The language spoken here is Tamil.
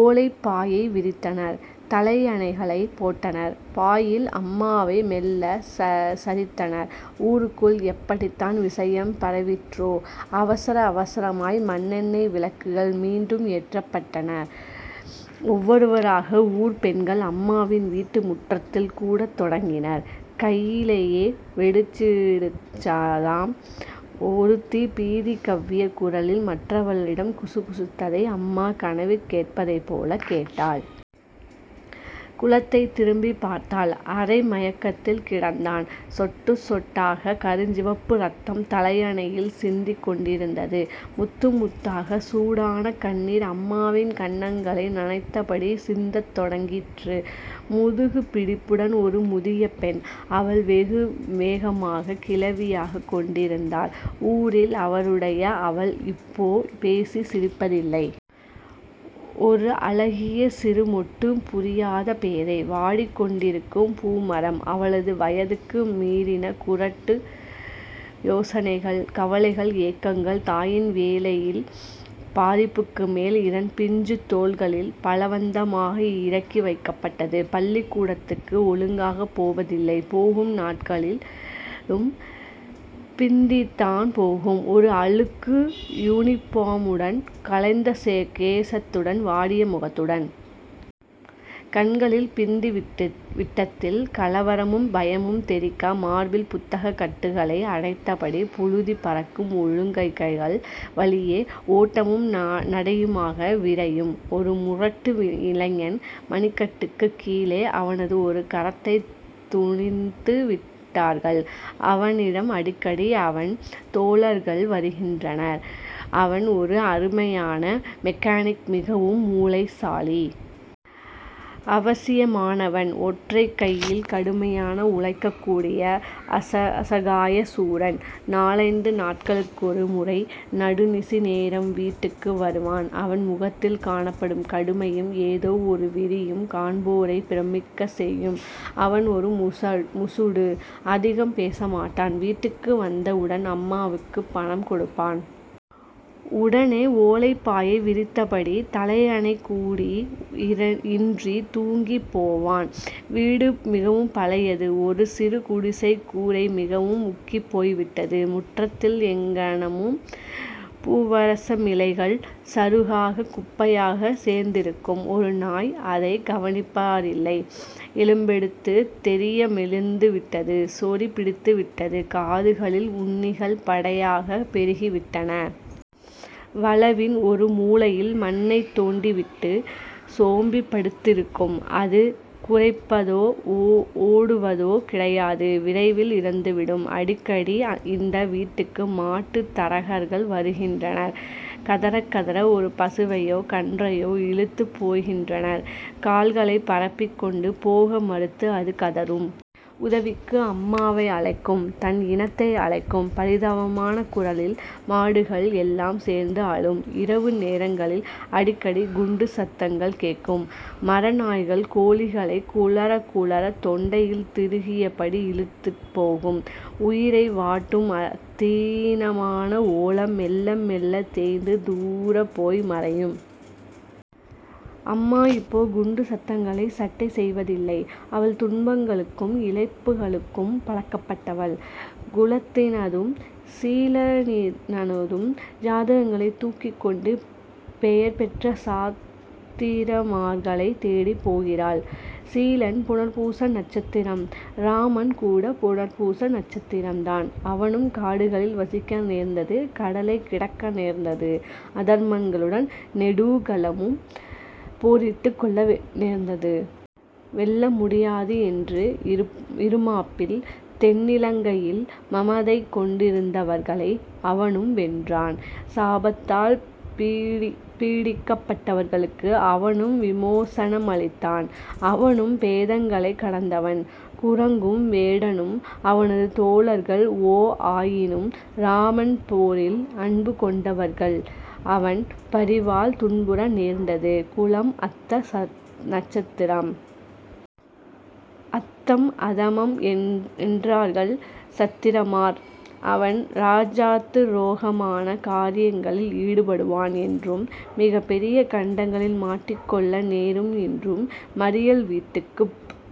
ஓலைப்பாயை விரித்தனர். தலையணைகளைப் போட்டனர். பாயில் அம்மாவை மெல்லச் சரித்தனர். ஊருக்குள் எப்படித்தான் விஷயம் பரவிற்றோ? அவசர அவசரமாக மண்ணெண்ணெய் விளக்குகள் மீண்டும் ஏற்றப்பட்டன. ஒவ்வொருவராக ஊர்ப் பெண்கள் அம்மாவின் வீட்டு முற்றத்தில் கூடத்தொடங்கினர். கையிலையே வெடிச்சிடுத்தாம். ஒருத்தி பீதி கவ்விய குரலில் மற்றவளிடம் குசுகுசுத்ததை அம்மா கனவிற் கேட்பதைப் போலக் கேட்டாள். குலத்தைத் திரும்பிப் பார்த்தாள். அரை மயக்கத்தில் கிடந்தான். சொட்டு சொட்டாக கருஞ்சிவப்பு இரத்தம் தலையணையில் சிந்திக் கொண்டிருந்தது. முத்து முத்தாக சூடான கண்ணீர் அம்மாவின் கன்னங்களை நனைத்தபடி சிந்தத் தொடங்கிற்று. முதுகுப் பிடிப்புடன் ஒரு முதியபெண். அவள் வெகுவேகமாகக் கிழவியாகிக் கொண்டிருந்தாள். ஊரில் ஒருவருடனும் அவள் இப்போ பேசிச் சிரிப்பதில்லை. ஒரு அழகிய சிறுமொட்டு. புரியாத பேதை. வாடிக்கொண்டிருக்கும் பூமரம். அவளது வயதுக்கு மீறின குருட்டு யோசனைகள். கவலைகள் ஏக்கங்கள். தாயின் வேலையில் பாதிக்குமேல் இதன் பிஞ்சுத் தோள்களில் பலவந்தமாக இறக்கி வைக்கப்பட்டது. பள்ளிக்கூடத்துக்கு ஒழுங்காகப் போவதில்லை. போகும் நாட்களிலும் பிந்தித்தான் போகும். ஒரு அழுக்கு யூனிபோமுடன் கலைந்த கேசத்துடன் வாடிய முகத்துடன். கண்களில் பிந்திவிட்டதில் கலவரமும் பயமும் தெறிக்க மார்பில் புத்தகக் கட்டுக்களை அணைத்தபடி புழுதி பறக்கும் ஒழுங்கைகள் வழியே ஓட்டமும் நடையுமாக விரையும். ஒரு முரட்டு இளைஞன். மணிக்கட்டுக்குக் கீழே அவனது ஒரு கரத்தைத் துணித்து விட்டார்கள். அவனிடம் அடிக்கடி அவன் தோழர்கள் வருகின்றனர். அவன் ஒரு அருமையான மெக்கானிக் மிகவும் மூளைசாலி. அவசியமானவன். ஒற்றைக் கையால் கடுமையாக உழைக்கக்கூடிய அசகாய சூரன். நாலைந்து நாட்களுக்கொரு முறை நடுநிசி நேரம் வீட்டுக்கு வருவான். அவன் முகத்தில் காணப்படும் கடுமையும். எதோ ஒரு வெறியும் காண்போரைப் பிரமிக்கச் செய்யும். அவன் ஒரு முசுடு. அதிகம் பேசமாட்டான். வீட்டுக்கு வந்தவுடன் அம்மாவுக்குப் பணம் கொடுப்பான். உடனே ஓலைப்பாயை விரித்தபடி தலையனைகூட இன்றித் தூங்கிப்போவான். வீடு மிகவும் பழையது. ஒரு சிறு குடிசை கூரை மிகவும் உக்கிப் போய்விட்டது. முற்றத்தில் எங்கணும் பூவரசமிலைகள் சருகாக குப்பையாகச் சேர்ந்திருக்கும். ஒரு நாய். அதைக் கவனிப்பாரில்லை. எலும்பெடுத்துத் தெரிய மெலிந்துவிட்டது. சொறி பிடித்துவிட்டது. காதுகளில் உண்ணிகள் படையாகப் பெருகிவிட்டன. வளவின் ஒரு மூலையில் மண்ணைத் தோண்டிவிட்டுச் சோம்பிப் படுத்திருக்கும். அது குரைப்பதோ ஓடுவதோ கிடையாது விரைவில் இறந்துவிடும். அடிக்கடி இந்த வீட்டுக்கு மாட்டுத் தரகர்கள் வருகின்றனர். கதறக் கதற ஒரு பசுவையோ கன்றையோ இழுத்துப் போகின்றனர். கால்களைப் பரப்பிக் கொண்டு, போக மறுத்து அது கதறும். உதவிக்கு அம்மாவை அழைக்கும். தன் இனத்தை அழைக்கும். பரிதாபமான குரலில் மாடுகள் எல்லாம் சேர்ந்து அழும். இரவு நேரங்களில் அடிக்கடி குண்டுச் சத்தங்கள் கேட்கும் மரநாய்கள் கோழிகளைக் குழறக் குழற தொண்டையில் திருகியபடி இழுத்துப்போகும். உயிரை வாட்டும் அத்தீனமான ஓலம் மெல்ல மெல்லத் தேய்ந்து தூரே போய் மறையும். அம்மா இப்போ குண்டுச் சத்தங்களைச் சட்டை செய்வதில்லை. அவள் துன்பங்களுக்கும் இழப்புகளுக்கும் பழக்கப்பட்டவள். குலத்தினதும் சீலனினதும் ஜாதகங்களைத் தூக்கிக்கொண்டு பெயர் பெற்ற சாத்திரிமார்களைத் தேடிப் போகிறாள். சீலன் புனர்பூச நட்சத்திரம் ராமன் கூடப் புனர்பூச நட்சத்திரம் தான் அவனும் காடுகளில் வசிக்க நேர்ந்தது கடலைக் கிடக்க நேர்ந்தது அதர்மர்களுடன் நெடூகலும் போரிட்டுக் கொள்ள நேர்ந்தது. வெல்ல முடியாது என்ற இறுமாப்பில் தென்னிலங்கையில் மமதை கொண்டிருந்தவர்களை அவனும் வென்றான் சாபத்தால் பீடிக்கப்பட்டவர்களுக்கு அவனும் விமோசனமளித்தான் அவனும் பேதங்களைக் கடந்தவன் குரங்கும் வேடனும் அவனது தோழர்கள் ஓ ஆயினும் ராமன் போரில் அன்பு கொண்டவர்கள் அவன் பரிவால் துன்புற நேர்ந்தது. குலம் அத்த நட்சத்திரம். அத்தம் அதமம் என்றார்கள் சாத்திரிமார். அவன் ராஜத்துரோகமான காரியங்களில ஈடுபடுவான் என்றும்.. மிகப் பெரிய கண்டங்களில் மாட்டிக்கொள்ள நேரும் என்றும் மறியல் வீட்டுக்குப்